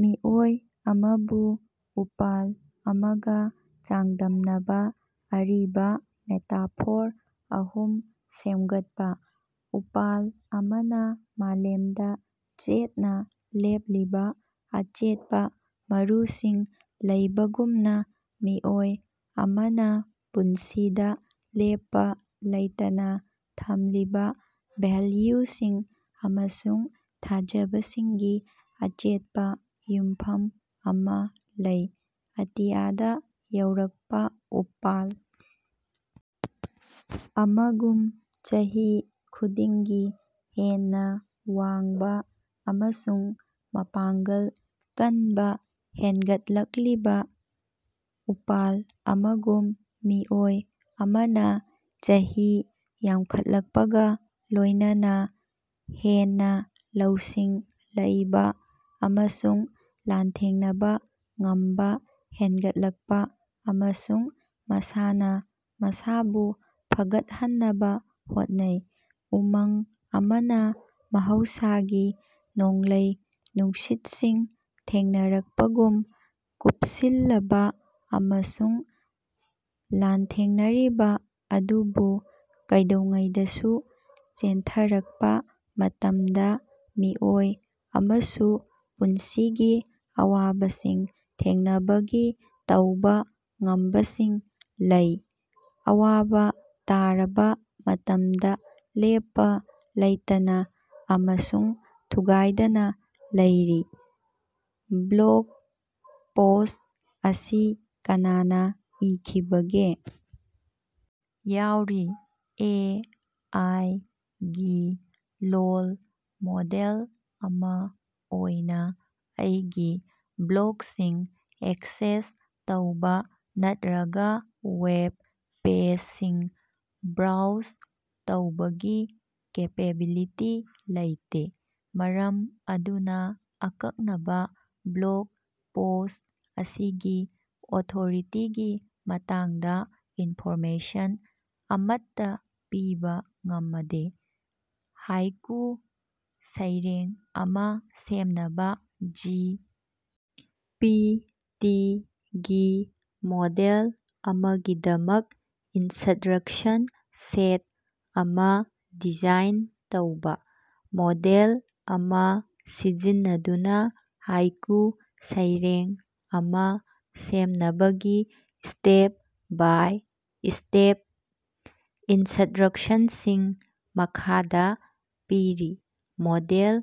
ꯃꯤꯑꯣꯏ ꯑꯃꯕꯨ ꯎꯄꯥꯜ ꯑꯃꯒ ꯆꯥꯡꯗꯝꯅꯕ ꯑꯔꯤꯕ ꯃꯦꯇꯥꯐꯣꯔ ꯑꯍꯨꯝ ꯁꯦꯝꯒꯠꯄ꯫ ꯎꯄꯥꯜ ꯑꯃꯅ ꯃꯥꯂꯦꯝꯗ ꯆꯦꯠꯅ ꯂꯦꯞꯂꯤꯕ ꯑꯆꯦꯠꯄ ꯃꯔꯨꯁꯤꯡ ꯂꯩꯕꯒꯨꯝꯅꯥ, ꯃꯤꯑꯣꯏ ꯑꯃꯅꯥ ꯄꯨꯟꯁꯤꯗꯥ ꯂꯦꯞꯄ ꯂꯩꯇꯅ ꯊꯝꯂꯤꯕ ꯚꯦꯜꯌꯨꯁꯤꯡ ꯑꯃꯁꯨꯡ ꯊꯥꯖꯕꯁꯤꯡꯒꯤ ꯑꯆꯦꯠꯄ ꯌꯨꯝꯐꯝ ꯑꯃ ꯂꯩ꯫ ꯑꯇꯤꯌꯥꯗ ꯌꯧꯔꯛꯄ ꯎꯄꯥꯜ ꯑꯃꯒꯨꯝ, ꯆꯍꯤ ꯈꯨꯗꯤꯡꯒꯤ ꯍꯦꯟꯅ ꯋꯥꯡꯕ ꯑꯃꯁꯨꯡ ꯃꯄꯥꯡꯒꯜ ꯀꯟꯕꯥ ꯍꯦꯟꯒꯠꯂꯛꯂꯤꯕ ꯎꯄꯥꯜ ꯑꯃꯒꯨꯝ, ꯃꯤꯑꯣꯏ ꯑꯃꯅ ꯆꯍꯤ ꯌꯝꯈꯠꯂꯛꯄꯒ ꯂꯣꯏꯅꯅꯥ ꯍꯦꯟꯅ ꯂꯧꯁꯤꯡ ꯂꯩꯕ ꯑꯃꯁꯨꯡ ꯂꯥꯟꯊꯦꯡꯅꯕ ꯉꯝꯕ ꯍꯦꯟꯒꯠꯂꯛꯄ ꯑꯃꯁꯨꯡ ꯃꯁꯥꯅ ꯃꯁꯥꯕꯨ ꯐꯒꯠꯍꯟꯅꯕ ꯍꯣꯠꯅꯩ꯫ ꯎꯃꯪ ꯑꯃꯅꯥ ꯃꯍꯧꯁꯥꯒꯤ ꯅꯣꯡꯂꯩ-ꯅꯨꯡꯁꯤꯠꯁꯤꯡ ꯊꯦꯡꯅꯔꯛꯄꯒꯨꯝ, ꯀꯨꯞꯁꯤꯜꯂꯕ ꯑꯃꯁꯨꯡ ꯂꯥꯟꯊꯦꯡꯅꯔꯤꯕ ꯑꯗꯨꯕꯨ ꯀꯩꯗꯧꯉꯩꯗꯁꯨ ꯆꯦꯟꯊꯔꯛꯄ ꯃꯇꯝꯗꯥ ꯃꯤꯑꯣꯏ ꯑꯃꯁꯨ ꯄꯨꯟꯁꯤꯒꯤ ꯑꯋꯥꯕꯁꯤꯡ ꯊꯦꯡꯅꯕꯒꯤ ꯇꯧꯕꯥ ꯉꯝꯕꯁꯤꯡ ꯂꯩ, ꯑꯋꯥꯕ ꯇꯥꯔꯕ ꯃꯇꯝꯗ ꯂꯦꯞꯄ ꯂꯩꯇꯅ ꯑꯃꯁꯨꯡ ꯊꯨꯒꯥꯏꯗꯅ ꯂꯩꯔꯤ꯫ ꯕ꯭ꯂꯣꯒ ꯄꯣꯁ꯭ꯠ ꯑꯁꯤ ꯀꯅꯥꯅ ꯏꯈꯤꯕꯒꯦ? ꯌꯥꯎꯔꯤ꯫ ꯑꯦ. ꯑꯥꯏ. ꯒꯤ ꯂꯣꯜ ꯃꯣꯗꯦꯜ ꯑꯃ ꯑꯣꯏꯅ ꯑꯩꯒꯤ ꯕ꯭ꯂꯣꯒꯁꯤꯡ ꯑꯦꯛꯁꯦꯁ ꯇꯧꯕ ꯅꯠꯔꯒ ꯋꯦꯕ ꯄꯦꯖꯁꯤꯡ ꯕ꯭ꯔꯣꯎꯖ ꯇꯧꯕꯒꯤ ꯀꯦꯄꯦꯕꯤꯂꯤꯇꯤ ꯂꯩꯇꯦ, ꯃꯔꯝ ꯑꯗꯨꯅ ꯑꯀꯛꯅꯕ ꯕ꯭ꯂꯣꯒ ꯄꯣꯁ꯭ꯠ ꯑꯁꯤꯒꯤ ꯑꯣꯊꯣꯔꯤꯇꯤꯒꯤ ꯃꯇꯥꯡꯗ ꯏꯅꯐꯣꯔꯃꯦꯁꯟ ꯑꯃꯠꯇ ꯄꯤꯕ ꯉꯃꯗꯦ꯫ ꯍꯥꯏꯀꯨ ꯁꯩꯔꯦꯡ ꯑꯃ ꯁꯦꯝꯅꯕ ꯖꯤ. ꯄꯤ. ꯇꯤ. ꯒꯤ ꯃꯣꯗꯦꯜ ꯑꯃꯒꯤꯗꯃꯛ ꯏꯟꯁꯠꯔꯛꯁꯟ ꯁꯦꯠ ꯑꯃ ꯗꯤꯖꯥꯏꯟ ꯇꯧꯕ꯫ ꯃꯣꯗꯦꯜ ꯑꯃ ꯁꯤꯖꯤꯟꯅꯗꯨꯅ ꯍꯥꯏꯀꯨ ꯁꯩꯔꯦꯡ ꯑꯃ ꯁꯦꯝꯅꯕꯒꯤ ꯁ꯭ꯇꯦꯞ-ꯕꯥꯏ-ꯁ꯭ꯇꯦꯞ ꯏꯅꯁ꯭ꯠꯔꯛꯁꯟꯁꯤꯡ ꯃꯈꯥꯗ ꯄꯤꯔꯤ: ꯃꯣꯗꯦꯜ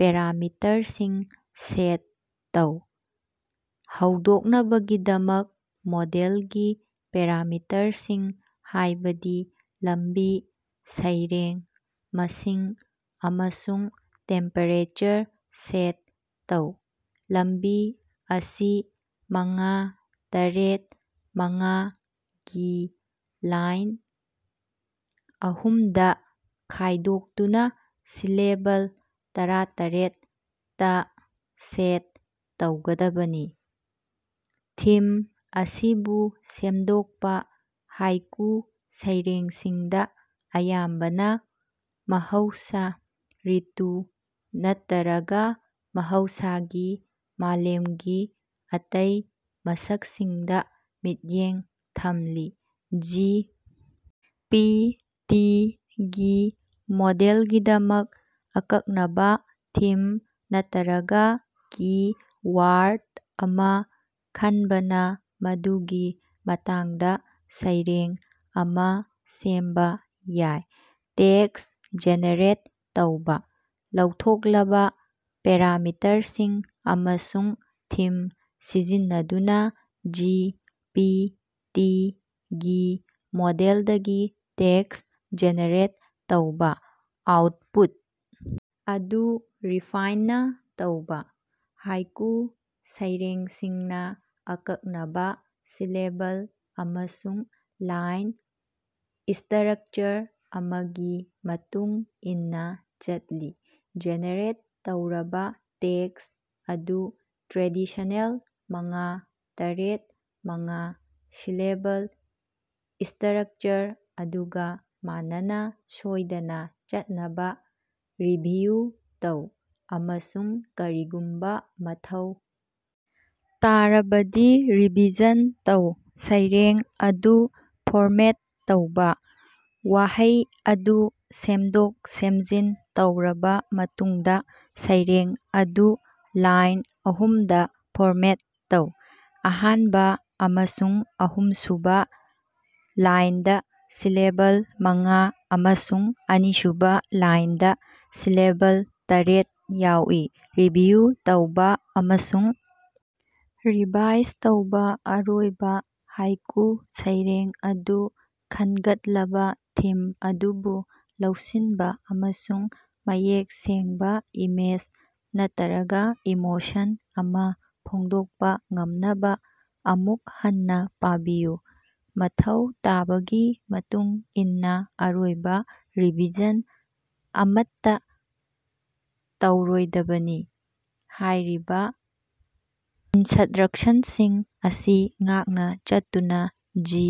ꯄꯦꯔꯥꯃꯤꯇꯔꯁꯤꯡ ꯁꯦꯠ ꯇꯧ: ꯍꯧꯗꯣꯛꯅꯕꯒꯤꯗꯃꯛ, ꯃꯣꯗꯦꯜꯒꯤ ꯄꯦꯔꯥꯃꯤꯇꯔꯁꯤꯡ ꯍꯥꯏꯕꯗꯤ ꯂꯝꯕꯤ, ꯁꯩꯔꯦꯡ ꯃꯁꯤꯡ, ꯑꯃꯁꯨꯡ ꯇꯦꯝꯄꯦꯔꯦꯆꯔ ꯁꯦꯠ ꯇꯧ꯫ ꯂꯝꯕꯤ ꯑꯁꯤ ꯃꯉꯥ- ꯇꯔ‌ꯦꯠ- ꯃꯉꯥ ꯒꯤ ꯂꯥꯏꯟ ꯑꯍꯨꯝꯗꯥ ꯈꯥꯏꯗꯣꯛꯇꯨꯅ ꯁꯤꯂꯦꯕꯜ ꯇꯔꯥꯇꯔ‌ꯦꯠ ꯇꯥ ꯁꯦꯠ ꯇꯧꯒꯗꯕꯅꯤ꯫ ꯊꯤꯝ ꯑꯁꯤꯕꯨ ꯁꯦꯝꯗꯣꯛꯄ: ꯍꯥꯏꯀꯨ ꯁꯩꯔꯦꯡꯁꯤꯡꯗ ꯑꯌꯥꯝꯕꯅ ꯃꯍꯧꯁ, ꯔꯤꯇꯨ ꯅꯠꯇꯔꯒ ꯃꯍꯧꯁꯥꯒꯤ ꯃꯥꯂꯦꯝꯒꯤ ꯑꯇꯩ ꯃꯁꯛꯁꯤꯡꯗ ꯃꯤꯠꯌꯦꯡ ꯊꯝꯂꯤ꯫ ꯖꯤ. ꯄꯤ. ꯇꯤ. ꯒꯤ ꯃꯣꯗꯦꯜꯒꯤꯗꯃꯛ ꯑꯀꯛꯅꯕꯥ ꯊꯤꯝ ꯅꯠꯇꯔꯒ ꯀꯤ-ꯋꯥꯔꯗ ꯑꯃ ꯈꯟꯕꯅ ꯃꯗꯨꯒꯤ ꯃꯇꯥꯡꯗ ꯁꯩꯔꯦꯡ ꯑꯃ ꯁꯦꯝꯕꯥ ꯌꯥꯏ꯫ ꯇꯦꯛꯁ ꯖꯦꯅꯦꯔꯦꯠ ꯇꯧꯕꯥ: ꯂꯧꯊꯣꯛꯂꯕ ꯄꯦꯔꯥꯃꯤꯇꯔꯁꯤꯡ ꯑꯃꯁꯨꯡ ꯊꯤꯝ ꯁꯤꯖꯤꯟꯅꯗꯨꯅ ꯖꯤ. ꯄꯤ. ꯇꯤ. ꯒꯤ ꯃꯣꯗꯦꯜꯗꯒꯤ ꯇꯦꯛꯁ ꯖꯦꯅꯦꯔꯦꯠ ꯇꯧꯕ꯫ ꯑꯥꯎꯠꯄꯨꯠ ꯑꯗꯨ ꯔꯤꯐꯥꯏꯟꯅ ꯇꯧꯕꯥ: ꯍꯥꯏꯀꯨ ꯁꯩꯔꯦꯡꯁꯤꯡꯅꯥ ꯑꯀꯛꯅꯕꯥ ꯁꯤꯂꯦꯕꯜ ꯑꯃꯁꯨꯡ ꯂꯥꯏꯟ ꯁ꯭ꯇꯔꯛꯆꯔ ꯑꯃꯒꯤ ꯃꯇꯨꯡ ꯏꯟꯅ ꯆꯠꯂꯤ꯫ ꯖꯦꯅꯦꯔꯦꯠ ꯇꯧꯔꯕ ꯇꯦꯛꯁ ꯑꯗꯨ ꯇ꯭ꯔꯦꯗꯤꯁꯅꯦꯜ ꯃꯉꯥ- ꯇꯔ‌ꯦꯠ- ꯃꯉꯥ ꯁꯤꯂꯦꯕꯜ ꯁ꯭ꯇꯔꯛꯆꯔ ꯑꯗꯨꯒ ꯃꯟꯅꯅꯥ ꯁꯣꯏꯗꯅ ꯆꯠꯅꯕꯥ ꯔꯤꯚꯤꯌꯨ ꯇꯧ, ꯑꯃꯁꯨꯡ ꯀꯔꯤꯒꯨꯝꯕ ꯃꯊꯧ ꯇꯥꯔꯕꯗꯤ ꯔꯤꯚꯤꯖꯟ ꯇꯧ꯫ ꯁꯩꯔꯦꯡ ꯑꯗꯨ ꯐꯣꯔꯃꯦꯠ ꯇꯧꯕꯥ: ꯋꯥꯍꯩ ꯑꯗꯨ ꯁꯦꯝꯗꯣꯛ-ꯁꯦꯝꯖꯤꯟ ꯇꯧꯔꯕ ꯃꯇꯨꯡꯗ ꯁꯩꯔꯦꯡ ꯑꯗꯨ ꯂꯥꯏꯟ ꯑꯍꯨꯝꯗ ꯐꯣꯔꯃꯦꯠ ꯇꯧ, ꯑꯍꯥꯟꯕ ꯑꯃꯁꯨꯡ ꯑꯍꯨꯝꯁꯨꯕ ꯂꯥꯏꯟꯗ ꯁꯤꯂꯦꯕꯜ ꯃꯉꯥ ꯑꯃꯁꯨꯡ ꯑꯅꯤꯁꯨꯕ ꯂꯥꯏꯟꯗ ꯁꯤꯂꯦꯕꯜ ꯇꯔ‌ꯦꯠ ꯌꯥꯎꯏ꯫ ꯔꯤꯚꯤꯌꯨ ꯇꯧꯕ ꯑꯃꯁꯨꯡ ꯔꯤꯚꯥꯏꯁ ꯇꯧꯕ: ꯑꯔꯣꯏꯕ ꯍꯥꯏꯀꯨ ꯁꯩꯔꯦꯡ ꯑꯗꯨ ꯈꯟꯒꯠꯂꯕ ꯊꯤꯝ ꯑꯗꯨꯕꯨ ꯂꯧꯁꯤꯟꯕ ꯑꯃꯁꯨꯡ ꯃꯌꯦꯛ ꯁꯦꯡꯕꯥ ꯏꯃꯦꯖ ꯅꯠꯇꯔꯒ ꯏꯃꯣꯁꯟ ꯑꯃ ꯐꯣꯡꯗꯣꯛꯄ ꯉꯝꯅꯕ ꯑꯃꯨꯛ ꯍꯟꯅ ꯄꯥꯕꯤꯌꯨ꯫ ꯃꯊꯧ ꯇꯥꯕꯒꯤ ꯃꯇꯨꯡ ꯏꯟꯅ ꯑꯔꯣꯏꯕ ꯔꯤꯚꯤꯖꯟ ꯑꯃꯠꯇ ꯇꯧꯔꯣꯏꯗꯕꯅꯤ꯫ ꯍꯥꯏꯔꯤꯕ ꯏꯅꯁ꯭ꯠꯔꯛꯁꯟꯁꯤꯡ ꯑꯁꯤ ꯉꯥꯛꯅ ꯆꯠꯇꯨꯅ ꯖꯤ꯫